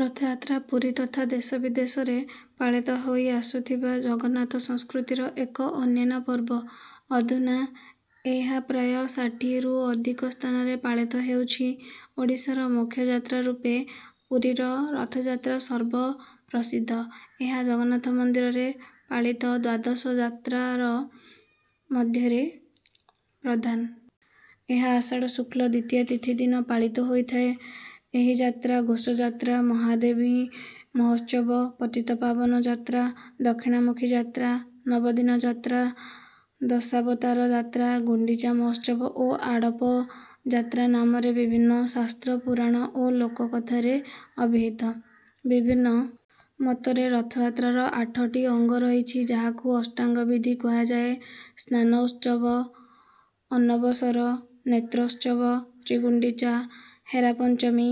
ରଥଯାତ୍ରା, ପୁରୀ ତଥା ଦେଶ ବିଦେଶରେ ପାଳିତ ହୋଇ ଆସୁଥିବା ଜଗନ୍ନାଥ ସଂସ୍କୃତିର ଏକ ଅନନ୍ୟ ପର୍ବ। ଅଧୁନା ଏହା ପ୍ରାୟ ଷାଠିଏରୁ ଅଧିକ ସ୍ଥାନରେ ପାଳିତ ହେଉଛି। ଓଡ଼ିଶାର ମୁଖ୍ୟ ଯାତ୍ରା ରୂପେ ପୁରୀର ରଥଯାତ୍ରା ସର୍ବପ୍ରସିଦ୍ଧ। ଏହା ଜଗନ୍ନାଥ ମନ୍ଦିରରେ ପାଳିତ ଦ୍ୱାଦଶ ଯାତ୍ରାର ମଧ୍ୟରେ ପ୍ରଧାନ। ଏହା ଆଷାଢ଼ ଶୁକ୍ଳ ଦ୍ୱିତୀୟା ତିଥି ଦିନ ପାଳିତ ହୋଇଥାଏ। ଏହି ଯାତ୍ରା ଘୋଷ ଯାତ୍ରା, ମହାବେଦୀ ମହୋତ୍ସବ, ପତିତପାବନ ଯାତ୍ରା, ଦକ୍ଷିଣାମୁଖୀ ଯାତ୍ରା, ନବଦିନ ଯାତ୍ରା, ଦଶାବତାର ଯାତ୍ରା, ଗୁଣ୍ଡିଚା ମହୋତ୍ସବ ଓ ଆଡ଼ପ ଯାତ୍ରା ନାମରେ ବିଭିନ୍ନ ଶାସ୍ତ୍ର, ପୁରାଣ ଓ ଲୋକକଥାରେ ଅଭିହିତ। ବିଭିନ୍ନ ମତରେ ରଥଯାତ୍ରାର ଆଠ ଟି ଅଙ୍ଗ ରହିଛି, ଯାହାକୁ ଅଷ୍ଟାଙ୍ଗ ବିଧି କୁହାଯାଏ। ସ୍ନାନ ଉତ୍ସବ, ଅନବସର, ନେତ୍ରୋତ୍ସବ, ଶ୍ରୀଗୁଣ୍ଡିଚା, ହେରାପଞ୍ଚମୀ,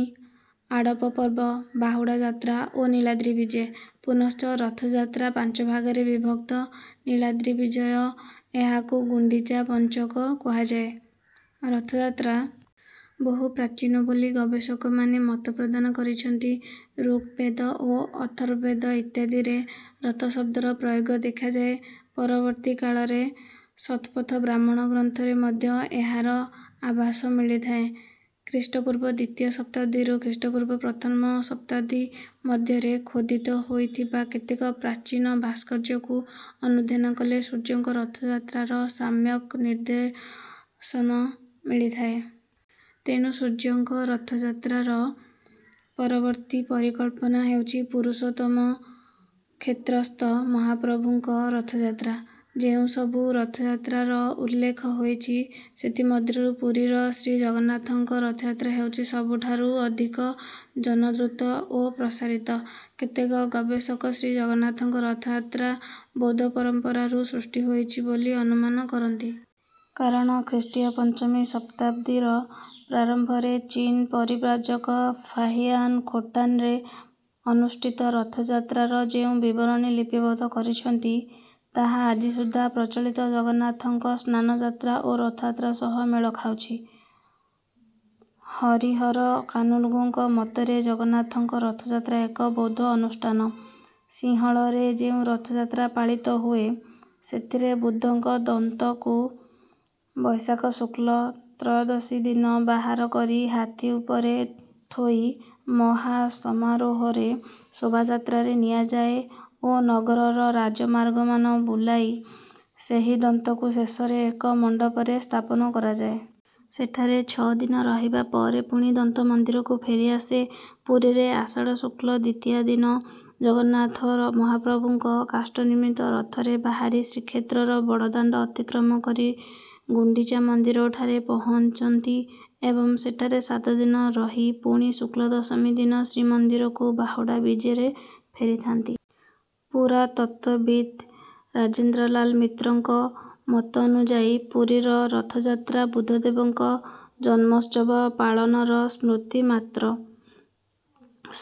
ଆଡ଼ପ ପର୍ବ, ବାହୁଡ଼ା ଯାତ୍ରା ଓ ନୀଳାଦ୍ରି ବିଜେ। ପୁନଶ୍ଚ ରଥଯାତ୍ରା ପାଞ୍ଚ ଭାଗରେ ବିଭକ୍ତ ନୀଳାଦ୍ରି ବିଜୟ ଏହାକୁ ଗୁଣ୍ଡିଚା ପଞ୍ଚକ କୁହାଯାଏ। ରଥଯାତ୍ରା ବହୁ ପ୍ରାଚୀନ ବୋଲି ଗବେଷକମାନେ ମତ ପ୍ରଦାନ କରିଛନ୍ତି। ଋଗ୍‌ବେଦ ଓ ଅଥର୍ବବେଦ ଇତ୍ୟାଦିରେ ରଥ ଶବ୍ଦର ପ୍ରୟୋଗ ଦେଖାଯାଏ। ପରବର୍ତ୍ତୀ କାଳରେ ଶତପଥ ବ୍ରାହ୍ମଣ ଗ୍ରନ୍ଥରେ ମଧ୍ୟ ଏହାର ଆଭାସ ମିଳିଥାଏ। ଖ୍ରୀଷ୍ଟପୂର୍ବ ଦ୍ୱିତୀୟ ଶତାବ୍ଦୀରୁ ଖ୍ରୀଷ୍ଟପୂର୍ବ ପ୍ରଥମ ଶତାବ୍ଦୀ ମଧ୍ୟରେ ଖୋଦିତ ହୋଇଥିବା କେତେକ ପ୍ରାଚୀନ ଭାସ୍କର୍ଯ୍ୟକୁ ଅନୁଧ୍ୟାନ କଲେ ସୂର୍ଯ୍ୟଙ୍କ ରଥଯାତ୍ରାର ସମ୍ୟକ୍ ନିଦର୍ଶନ ମିଳିଥାଏ। ତେଣୁ ସୂର୍ଯ୍ୟଙ୍କ ରଥଯାତ୍ରାର ପରବର୍ତ୍ତୀ ପରିକଳ୍ପନା ହେଉଛି ପୁରୁଷୋତ୍ତମ କ୍ଷେତ୍ରସ୍ଥ ମହାପ୍ରଭୁଙ୍କ ରଥଯାତ୍ରା। ଯେଉଁସବୁ ରଥଯାତ୍ରାର ଉଲ୍ଲେଖ ହୋଇଛି, ସେଥିମଧ୍ୟରୁ ପୁରୀର ଶ୍ରୀଜଗନ୍ନାଥଙ୍କ ରଥଯାତ୍ରା ହେଉଛି ସବୁଠାରୁ ଅଧିକ ଜନାଦୃତ ଓ ପ୍ରସାରିତ। କେତେକ ଗବେଷକ ଶ୍ରୀଜଗନ୍ନାଥଙ୍କ ରଥଯାତ୍ରା ବୌଦ୍ଧ ପରମ୍ପରାରୁ ସୃଷ୍ଟି ହୋଇଛି ବୋଲି ଅନୁମାନ କରନ୍ତି। କାରଣ ଖ୍ରୀଷ୍ଟୀୟ ପଞ୍ଚମ ଶତାବ୍ଦୀର ପ୍ରାରମ୍ଭରେ ଚୀନ୍ ପରିବ୍ରାଜକ ଫାହିୟାନ୍ ଖୋଟାନ୍‌ରେ ଅନୁଷ୍ଠିତ ରଥଯାତ୍ରାର ଯେଉଁ ବିବରଣୀ ଲିପିବଦ୍ଧ କରିଛନ୍ତି, ତାହା ଆଜିସୁଦ୍ଧା ପ୍ରଚଳିତ ଜଗନ୍ନାଥଙ୍କ ସ୍ନାନଯାତ୍ରା ଓ ରଥଯାତ୍ରା ସହ ମେଳ ଖାଉଛି। ହରିହର କାନୁନ୍‌ଗୋଙ୍କ ମତରେ ଜଗନ୍ନାଥଙ୍କ ରଥଯାତ୍ରା ଏକ ବୌଦ୍ଧ ଅନୁଷ୍ଠାନ। ସିଂହଳରେ ଯେଉଁ ରଥଯାତ୍ରା ପାଳିତ ହୁଏ, ସେଥିରେ ବୁଦ୍ଧଙ୍କ ଦନ୍ତକୁ ବୈଶାଖ ଶୁକ୍ଳ ତ୍ରୟୋଦଶୀ ଦିନ ବାହାର କରି ହାତୀ ଉପରେ ଥୋଇ ମହା ସମାରୋହରେ ଶୋଭାଯାତ୍ରାରେ ନିଆଯାଏ ଓ ନଗରର ରାଜମାର୍ଗମାନ ବୁଲାଇ ସେହି ଦନ୍ତକୁ ଶେଷରେ ଏକ ମଣ୍ଡପରେ ସ୍ଥାପନ କରାଯାଏ। ସେଠାରେ ଛଅ ଦିନ ରହିବା ପରେ ପୁଣି ଦନ୍ତ ମନ୍ଦିରକୁ ଫେରିଆସେ। ପୁରୀରେ ଆଷାଢ଼ ଶୁକ୍ଳ ଦ୍ୱିତୀୟା ଦିନ ଜଗନ୍ନାଥ ମହାପ୍ରଭୁ କାଷ୍ଠ ନିର୍ମିତ ରଥରେ ବାହାରି ଶ୍ରୀକ୍ଷେତ୍ରର ବଡ଼ଦାଣ୍ଡ ଅତିକ୍ରମ କରି ଗୁଣ୍ଡିଚା ମନ୍ଦିରଠାରେ ପହଞ୍ଚନ୍ତି ଏବଂ ସେଠାରେ ସାତ ଦିନ ରହି ପୁଣି ଶୁକ୍ଳ ଦଶମୀ ଦିନ ଶ୍ରୀମନ୍ଦିରକୁ ବାହୁଡ଼ା ବିଜେରେ ଫେରିଥାନ୍ତି। ପୁରାତତ୍ତ୍ୱବିତ୍ ରାଜେନ୍ଦ୍ର ଲାଲ ମିତ୍ରଙ୍କ ମତନୁଯାୟୀ ପୁରୀର ରଥଯାତ୍ରା ବୁଦ୍ଧଦେବଙ୍କ ଜନ୍ମୋତ୍ସବ ପାଳନର ସ୍ମୃତି ମାତ୍ର।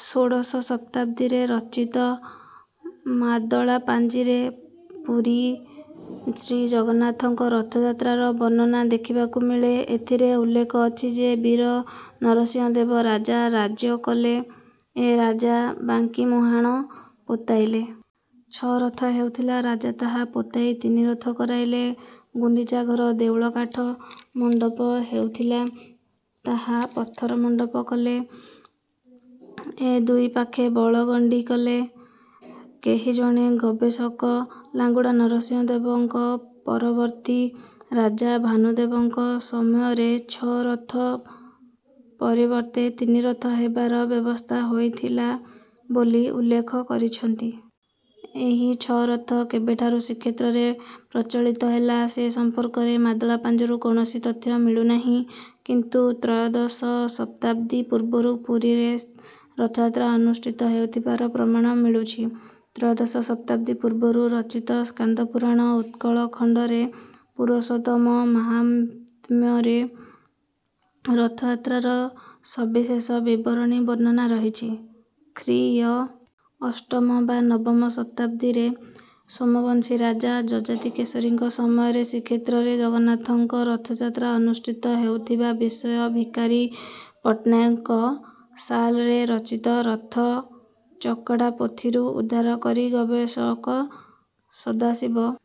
ଷୋଡ଼ଶ ଶତାବ୍ଦୀରେ ରଚିତ ମାଦଳା ପାଞ୍ଜିରେ ପୁରୀ ଶ୍ରୀଜଗନ୍ନାଥଙ୍କ ରଥଯାତ୍ରାର ବର୍ଣ୍ଣନା ଦେଖିବାକୁ ମିଳେ। ଏଥିରେ ଉଲ୍ଲେଖ ଅଛି ଯେ, ବୀର ନରସିଂହ ଦେବ ରାଜା ରାଜ୍ୟ କଲେ। ଏ ରାଜା ବାଙ୍କୀ ମୁହାଣ ପୋତାଇଲେ। ଛଅ ରଥ ହେଉଥିଲା, ରାଜା ତାହା ପୋତାଇ ତିନି ରଥ କରାଇଲେ। ଗୁଣ୍ଡିଚା ଘର ଦେଉଳ କାଠ ମଣ୍ଡପ ହୋଇଥିଲା, ତାହା ପଥର ମଣ୍ଡପ କଲେ। ଏ ଦୁଇ ପାଖେ ବଳଗଣ୍ଡି କଲେ। କେହି ଜଣେ ଗବେଷକ ଲାଙ୍ଗୁଳା ନରସିଂହ ଦେବଙ୍କ ପରବର୍ତ୍ତୀ ରାଜା ଭାନୁଦେବଙ୍କ ସମୟରେ ଛଅ ରଥ ପରିବର୍ତ୍ତେ ତିନି ରଥ ହେବାର ବ୍ୟବସ୍ଥା ହୋଇଥିଲା ବୋଲି ଉଲ୍ଲେଖ କରିଛନ୍ତି। ଏହି ଛଅ ରଥ କେବେଠାରୁ ଶ୍ରୀକ୍ଷେତ୍ରରେ ପ୍ରଚଳିତ ହେଲା, ସେ ସମ୍ପର୍କରେ ମାଦଳା ପାଞ୍ଜିରୁ କୌଣସି ତଥ୍ୟ ମିଳୁନାହିଁ। କିନ୍ତୁ ତ୍ରୟୋଦଶ ଶତାଦ୍ଦୀ ପୂର୍ବରୁ ପୁରୀରେ ରଥଯାତ୍ରା ଅନୁଷ୍ଠିତ ହେଉଥିବାର ପ୍ରମାଣ ମିଳୁଛି। ତ୍ରୟୋଦଶ ଶତାଦ୍ଦୀ ପୂର୍ବରୁ ରଚିତ ସ୍କାନ୍ଦ ପୁରାଣ ଉତ୍କଳ ଖଣ୍ଡର ପୁରୁଷୋତ୍ତମ ମାହାତ୍ମ୍ୟରେ ରଥଯାତ୍ରାର ସବିଶେଷ ବିବରଣୀ ବର୍ଣ୍ଣନା ରହିଛି। ଖ୍ରୀ.ଅ. ଅଷ୍ଟମ ବା ନବମ ଶତାଦ୍ଦୀରେ ସୋମବଂଶୀ ରାଜା ଯଯାତି କେଶରୀଙ୍କ ସମୟରେ ଶ୍ରୀକ୍ଷେତ୍ରରେ ଜଗନ୍ନାଥଙ୍କ ରଥଯାତ୍ରା ଅନୁଷ୍ଠିତ ହେଉଥିବା ବିଷୟ ଭିକାରୀ ପଟ୍ଟନାୟକଙ୍କ ସାଲରେ ରଚିତ ରଥ ଚକଡ଼ା ପୋଥିରୁ ଉଦ୍ଧାର କରି ଗବେଷକ ସଦାଶିବ।